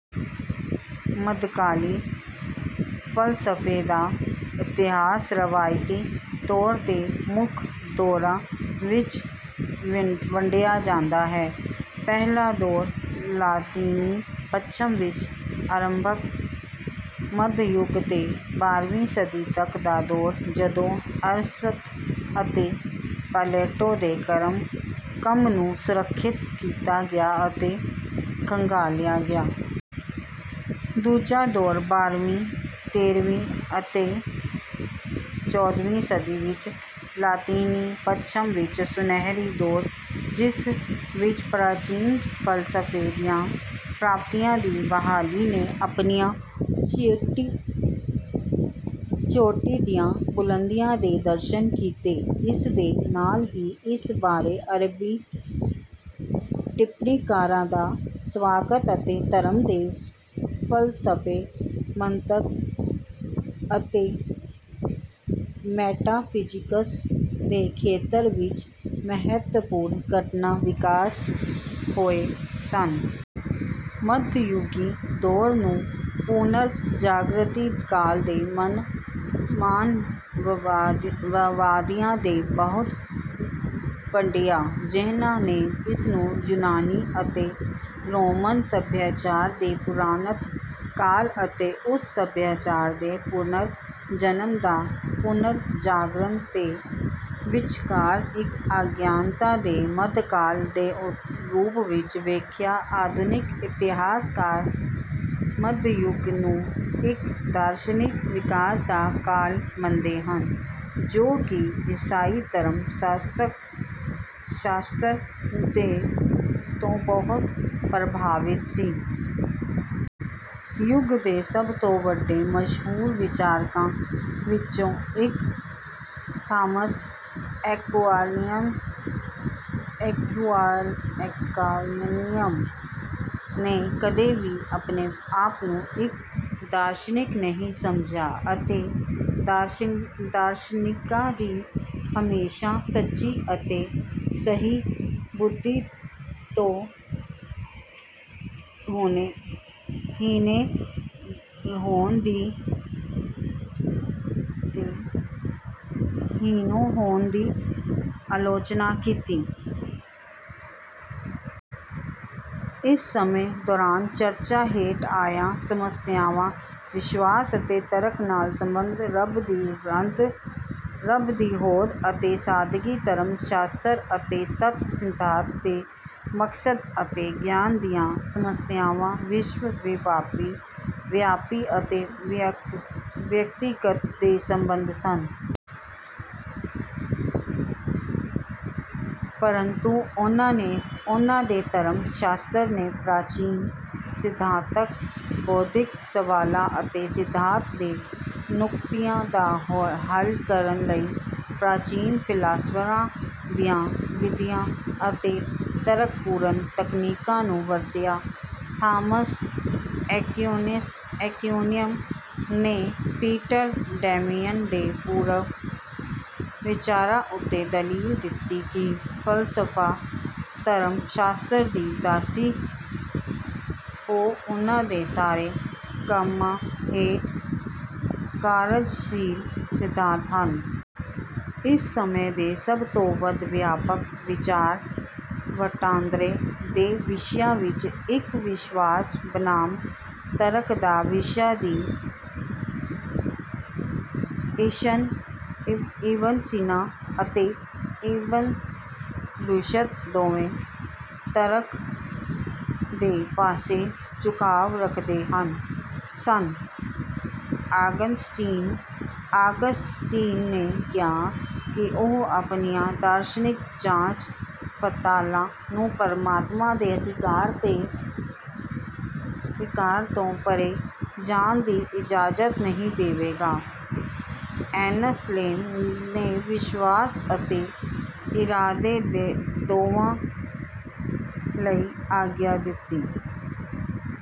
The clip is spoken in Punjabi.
ਮੱਧਕਾਲੀ ਫ਼ਲਸਫ਼ੇ ਦਾ ਇਤਿਹਾਸ ਰਵਾਇਤੀ ਤੌਰ ਤੇ ਦੋ ਮੁੱਖ ਦੌਰਾਂ ਵਿੱਚ ਵੰਡਿਆ ਜਾਂਦਾ ਹੈ। ਪਹਿਲਾ ਦੌਰ ਲਾਤੀਨੀ ਪੱਛਮ ਵਿੱਚ ਅਰੰਭਕ ਮੱਧ ਯੁੱਗ ਤੋਂ ਬਾਰ੍ਹਵੀਂ ਸਦੀ ਤੱਕ ਦਾ ਦੌਰ, ਜਦੋਂ ਅਰਸਤੂ ਅਤੇ ਪਲੈਟੋ ਦੇ ਕੰਮ ਨੂੰ ਸੁਰੱਖਿਅਤ ਕੀਤਾ ਗਿਆ ਅਤੇ ਖੰਗਾਲਿਆ ਗਿਆ। ਦੂਜਾ ਦੌਰ ਬਾਰ੍ਹਵੀਂ, ਤੇਰ੍ਹਵੀਂ ਅਤੇ ਚੌਦ੍ਹਵੀਂ ਸਦੀ ਵਿੱਚ ਲਾਤੀਨੀ ਪੱਛਮ ਵਿੱਚ 'ਸੁਨਹਿਰੀ ਦੌਰ', ਜਿਸ ਵਿੱਚ ਪ੍ਰਾਚੀਨ ਫ਼ਲਸਫ਼ੇ ਦੀਆਂ ਪ੍ਰਾਪਤੀਆਂ ਦੀ ਬਹਾਲੀ ਨੇ, ਆਪਣੀਆਂ ਚੋਟੀ ਦੀਆਂ ਬੁਲੰਦੀਆਂ ਦੇ ਦਰਸ਼ਨ ਕੀਤੇ। ਇਸ ਦੇ ਨਾਲ ਹੀ ਇਸ ਬਾਰੇ ਅਰਬੀ ਟਿੱਪਣੀਕਾਰਾਂ ਦਾ ਸਵਾਗਤ ਅਤੇ ਧਰਮ ਦੇ ਫ਼ਲਸਫ਼ੇ, ਮੰਤਕ ਅਤੇ ਮੈਟਾਫਿਜ਼ਿਕਸ ਦੇ ਖੇਤਰ ਵਿੱਚ ਮਹੱਤਵਪੂਰਨ ਘਟਨਾ ਵਿਕਾਸ ਹੋਏ ਸਨ। ਮੱਧਯੁਗੀ ਦੌਰ ਨੂੰ ਪੁਨਰ ਜਾਗਰਤੀ ਕਾਲ ਦੇ ਮਾਨਵਵਾਦੀਆਂ ਨੇ ਬਹੁਤ ਭੰਡਿਆ, ਜਿਹਨਾਂ ਨੇ ਇਸ ਨੂੰ ਯੂਨਾਨੀ ਅਤੇ ਰੋਮਨ ਸਭਿਆਚਾਰ ਦੇ ਪੁਰਾਤਨ ਕਾਲ ਅਤੇ ਉਸ ਸੱਭਿਆਚਾਰ ਦੇ 'ਪੁਨਰ ਜਨਮ' ਜਾਂ ਪੁਨਰਜਾਗਰਣ ਦੇ ਵਿਚਕਾਰ ਇੱਕ ਅਗਿਆਨਤਾ ਦੇ 'ਮੱਧ' ਕਾਲ ਦੇ ਰੂਪ ਵਿੱਚ ਵੇਖਿਆ ਆਧੁਨਿਕ ਇਤਿਹਾਸਕਾਰ ਮੱਧਯੁੱਗ ਨੂੰ ਇੱਕ ਦਾਰਸ਼ਨਿਕ ਵਿਕਾਸ ਦਾ ਕਾਲ ਮੰਨਦੇ ਹਨ, ਜੋ ਕਿ ਈਸਾਈ ਧਰਮ ਸ਼ਾਸਤਰ ਤੋਂ ਬਹੁਤ ਪ੍ਰਭਾਵਿਤ ਸੀ। ਯੁੱਗ ਦੇ ਸਭ ਤੋਂ ਵੱਡੇ ਮਸ਼ਹੂਰ ਵਿਚਾਰਕਾਂ ਵਿੱਚੋਂ ਇੱਕ, ਥਾਮਸ ਐਕੁਆਇਨਸ ਨੇ ਕਦੇ ਵੀ ਆਪਣੇ ਆਪ ਨੂੰ ਇੱਕ ਦਾਰਸ਼ਨਿਕ ਨਹੀਂ ਸਮਝਿਆ, ਅਤੇ ਦਾਰਸ਼ਨਿਕਾਂ ਦੀ ਹਮੇਸ਼ਾ "ਸੱਚੀ ਅਤੇ ਸਹੀ ਬੁੱਧੀ ਤੋਂ ਹੀਣੇ ਹੋਣ" ਦੀ ਆਲੋਚਨਾ ਕੀਤੀ। ਇਸ ਸਮੇਂ ਦੌਰਾਨ ਚਰਚਾ ਹੇਠ ਆਈਆਂ ਸਮੱਸਿਆਵਾਂ ਵਿਸ਼ਵਾਸ ਅਤੇ ਤਰਕ ਨਾਲ ਸੰਬੰਧ, ਰੱਬ ਦੀ ਹੋਂਦ ਅਤੇ ਸਾਦਗੀ, ਧਰਮ ਸ਼ਾਸਤਰ ਅਤੇ ਤੱਤ ਸਿਧਾਂਤ ਦੇ ਮਕਸਦ ਅਤੇ ਗਿਆਨ ਦੀਆਂ ਸਮੱਸਿਆਵਾਂ, ਵਿਸ਼ਵ ਵਿਆਪੀ ਅਤੇ ਵਿਅਕਤੀਗਤ ਦੇ ਸੰਬੰਧ ਸਨ। ਪਰੰਤੂ, ਉਨ੍ਹਾਂ ਦੇ ਧਰਮ ਸ਼ਾਸਤਰ ਨੇ ਪ੍ਰਾਚੀਨ ਸਿਧਾਂਤਕ ਬੌਧਿਕ ਸਵਾਲਾਂ ਅਤੇ ਸਿਧਾਂਤ ਦੇ ਨੁਕਤਿਆਂ ਦਾ ਹੱਲ ਕਰਨ ਲਈ ਪ੍ਰਾਚੀਨ ਫ਼ਿਲਾਸਫਰਾਂ ਦੀਆਂ ਵਿਧੀਆਂ ਅਤੇ ਤਰਕਪੂਰਨ ਤਕਨੀਕਾਂ ਨੂੰ ਵਰਤਿਆ। ਥਾਮਸ ਐਕੁਆਇਨਸ ਨੇ ਪੀਟਰ ਡੈਮੀਅਨ ਦੇ ਪੂਰਵ ਵਿਚਾਰਾਂ ਉੱਤੇ ਦਲੀਲ ਦਿੱਤੀ ਕਿ ਫ਼ਲਸਫ਼ਾ ਧਰਮ ਸ਼ਾਸਤਰ ਦੀ ਦਾਸੀ ਹੋ ਉਨ੍ਹਾਂ ਦੇ ਸਾਰੇ ਕੰਮਾਂ ਹੇਠ ਕਾਰਜਸ਼ੀਲ ਸਿਧਾਂਤ ਹਨ। ਇਸ ਸਮੇਂ ਦੇ ਸਭ ਤੋਂ ਵੱਧ ਵਿਆਪਕ ਵਿਚਾਰ ਵਟਾਂਦਰੇ ਦੇ ਵਿਸ਼ਿਆਂ ਵਿੱਚੋਂ ਇੱਕ ਵਿਸ਼ਵਾਸ ਬਨਾਮ ਤਰਕ ਦਾ ਵਿਸ਼ਾ ਸੀ ਇਬਨ ਸੀਨਾ ਅਤੇ ਇਬਨ ਰੁਸ਼ਦ ਦੋਵੇਂ ਤਰਕ ਦੇ ਪਾਸੇ ਝੁਕਾਅ ਰੱਖਦੇ ਸਨ। ਆਗਸਟੀਨ ਨੇ ਕਿਹਾ ਕਿ ਉਹ ਆਪਣੀਆਂ ਦਾਰਸ਼ਨਿਕ ਜਾਂਚ ਪੜਤਾਲਾਂ ਨੂੰ ਪਰਮਾਤਮਾ ਦੇ ਅਧਿਕਾਰ ਤੋਂ ਪਰੇ ਜਾਣ ਦੀ ਇਜਾਜ਼ਤ ਨਹੀਂ ਦੇਵੇਗਾ। ਐਨਸਲੇਮ ਨੇ ਵਿਸ਼ਵਾਸ ਅਤੇ ਇਰਾਦੇ ਦੋਵਾਂ ਲਈ ਆਗਿਆ ਦਿੱਤੀ